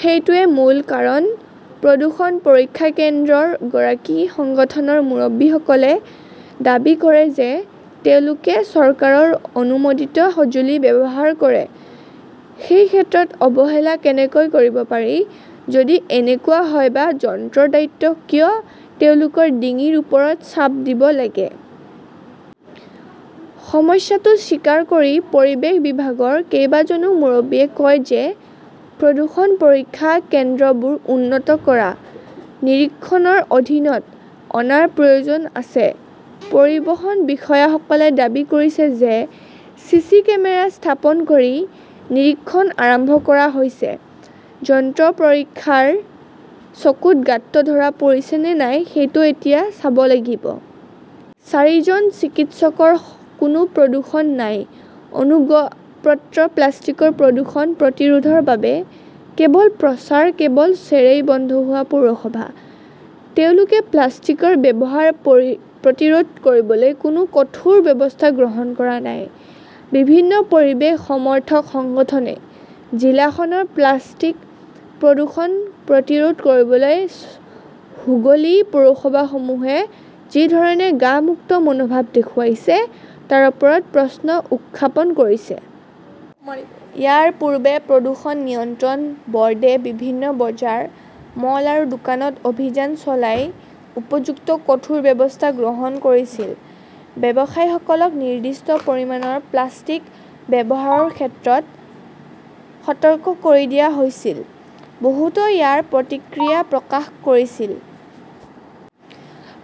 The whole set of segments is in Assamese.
সেইটোৱেই মূল কাৰণ। "প্ৰদূষণ পৰীক্ষা কেন্দ্ৰৰ গৰাকী সংগঠনৰ মুৰব্বীসকলে দাবী কৰে যে তেওঁলোকে চৰকাৰৰ অনুমোদিত সঁজুলি ব্যৱহাৰ কৰে। সেই ক্ষেত্ৰত অৱহেলা কেনেকৈ কৰিব পাৰি? যদি এনেকুৱা হয় বা যন্ত্ৰৰ দায়িত্ব কিয় তেওঁলোকৰ ডিঙিৰ ওপৰত চাপ দিব লাগে? সমস্যাটো স্বীকাৰ কৰি পৰিৱেশ বিভাগৰ কেইবাজনো মুৰব্বীয়ে কয় যে প্ৰদূষণ পৰীক্ষা কেন্দ্ৰবোৰ উন্নত কৰা, নিৰীক্ষণৰ অধীনত অনাৰ প্ৰয়োজন আছে। পৰিবহণ বিষয়াসকলে দাবী কৰিছে যে চিচি কেমেৰা স্থাপন কৰি নিৰীক্ষণ আৰম্ভ কৰা হৈছে। যন্ত্ৰ পৰীক্ষাৰীৰ চকুত গাঁতটো ধৰা পৰিছে নে নাই সেইটো এতিয়া চাব লাগিব। চাৰিজন চিকিৎসকৰ কোনো প্ৰদূষণ নাই-অনুজ্ঞাপত্ৰ প্লাষ্টিকৰ প্ৰদূষণ প্ৰতিৰোধৰ বাবে কেৱল প্ৰচাৰ কেৱল ছেৰেই বন্ধ হোৱা পৌৰসভা। তেওঁলোকে প্লাষ্টিকৰ ব্যৱহাৰ প্ৰতিৰোধ কৰিবলৈ কোনো কঠোৰ ব্যৱস্থা গ্ৰহণ কৰা নাই। বিভিন্ন পৰিৱেশ-সমৰ্থক সংগঠনে জিলাখনৰ প্লাষ্টিক প্ৰদূষণ প্ৰতিৰোধ কৰিবলৈ হুগলী পৌৰসভাসমূহে যি ধৰণে গা-মুক্ত মনোভাৱ দেখুৱাইছে তাৰ ওপৰত প্ৰশ্ন উত্থাপন কৰিছে। ইয়াৰ পূৰ্বে প্ৰদূষণ নিয়ন্ত্ৰণ ব "ৰ্ডে বিভিন্ন বজাৰ, মল আৰু দোকানত অভিযান চলাই উপযুক্ত কঠোৰ ব্যৱস্থা গ্ৰহণ কৰিছিল। ব্যৱসায়ীসকলক নিৰ্দিষ্ট পৰিমাণৰ প্লাষ্টিক ব্যৱহাৰৰ ক্ষেত্ৰত সতৰ্ক কৰি দিয়া হৈছিল। বহুতে ইয়াৰ প্ৰতিক্ৰিয়া প্ৰকাশ কৰিছিল।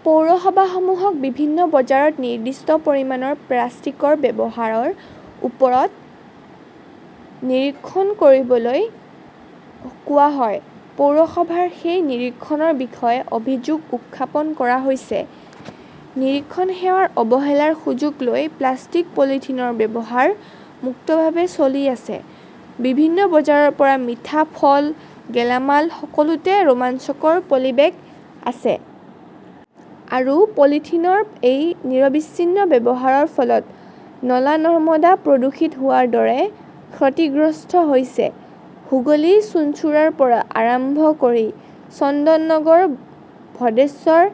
পৌৰসভাসমূহক বিভিন্ন বজাৰত নিৰ্দিষ্ট পৰিমাণৰ প্লাষ্টিকৰ ব্যৱহাৰৰ ওপৰত নিৰীক্ষণ কৰিবলৈ কোৱা হয়। পৌৰসভাৰ সেই নিৰীক্ষণৰ বিষয়ে অভিযোগ উত্থাপন কৰা হৈছে। নিৰীক্ষণ সেৱাৰ অৱহেলাৰ সুযোগ লৈ প্লাষ্টিক-পলিথিনৰ ব্যৱহাৰ মুক্তভাৱে চলি আছে। বিভিন্ন বজাৰৰ পৰা মিঠা, ফল, গেলামাল সকলোতে ৰোমাঞ্চকৰ পলিবেগ আছে। আৰু পলিথিনৰ এই নিৰবিচ্ছিন্ন ব্যৱহাৰৰ ফলত নলা-নৰ্দমা প্ৰদূষিত হোৱাৰ দৰে ক্ষতিগ্ৰস্ত হৈছে। হুগলী-চুঞ্চুৰাৰ পৰা আৰম্ভ কৰি চন্দননগৰ, ভদ্ৰেশ্বৰ,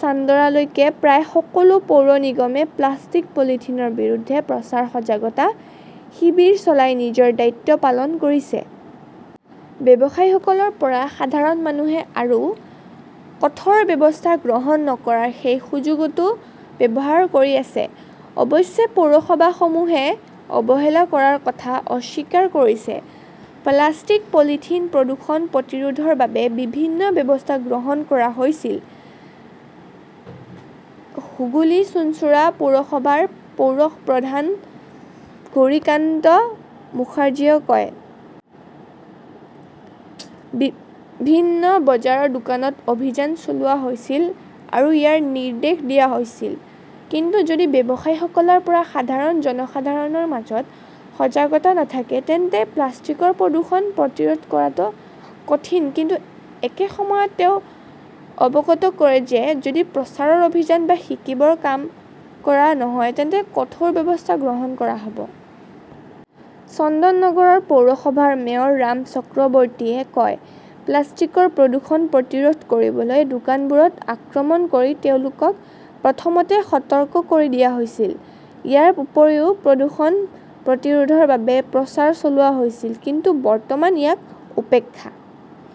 চান্দনাৰলৈকে প্ৰায় সকলো পৌৰ নিগমে প্লাষ্টিক-পলিথিনৰ বিৰুদ্ধে প্ৰচাৰ, সজাগতা শিবিৰ চলাই নিজৰ দায়িত্ব পালন কৰিছে। ব্যৱসায়ীসকলৰ পৰা সাধাৰণ মানুহে আৰু কঠোৰ ব্যৱস্থা গ্ৰহণ নকৰাৰ সেই সুযোগটো ব্যৱহাৰ কৰি আছে। অৱশ্যে পৌৰসভাসমূহে অৱহেলা কৰাৰ কথা অস্বীকাৰ কৰিছে। "প্লাষ্টিক-পলিথিন প্ৰদূষণ প্ৰতিৰোধৰ বাবে বিভিন্ন ব্যৱস্থা গ্ৰহণ কৰা হৈছিল", হুগলী-চুঞ্চুৰা পৌৰসভাৰ পৌৰ প্ৰধান গৌৰিকান্ত মুখাৰ্জীয়ে কয়। বিভিন্ন বজাৰৰ দোকানত অভিযান চলোৱা হৈছিল আৰু ইয়াৰ নিৰ্দেশ দিয়া হৈছিল। কিন্তু যদি ব্যৱসায়ীসকলৰ পৰা সাধাৰণ জনসাধাৰণৰ মাজত সজাগতা নাথাকে তেন্তে প্লাষ্টিকৰ প্ৰদূষণ প্ৰতিৰোধ কৰাটো কঠিন। "কিন্তু একে সময়তে তেওঁ অৱগত কৰে যে যদি প্ৰচাৰ অভিযান বা শিবিৰত কাম কৰা নহয় তেন্তে কঠোৰ ব্যৱস্থা গ্ৰহণ কৰা হ" ব। চন্দননগৰ পৌৰসভাৰ মেয়ৰ ৰাম চক্ৰৱৰ্তীয়ে কয়, "প্লাষ্টিকৰ প্ৰদূষণ প্ৰতিৰোধ কৰিবলৈ দোকানবোৰত আক্ৰমণ কৰি তেওঁলোকক প্ৰথমতে সতৰ্ক কৰি দিয়া হৈছিল। ইয়াৰ উপৰিও প্ৰদূষণ প্ৰতিৰোধৰ বাবে প্ৰচাৰ চলোৱা হৈছিল। কিন্তু বৰ্তমান ইয়াক উপেক্ষা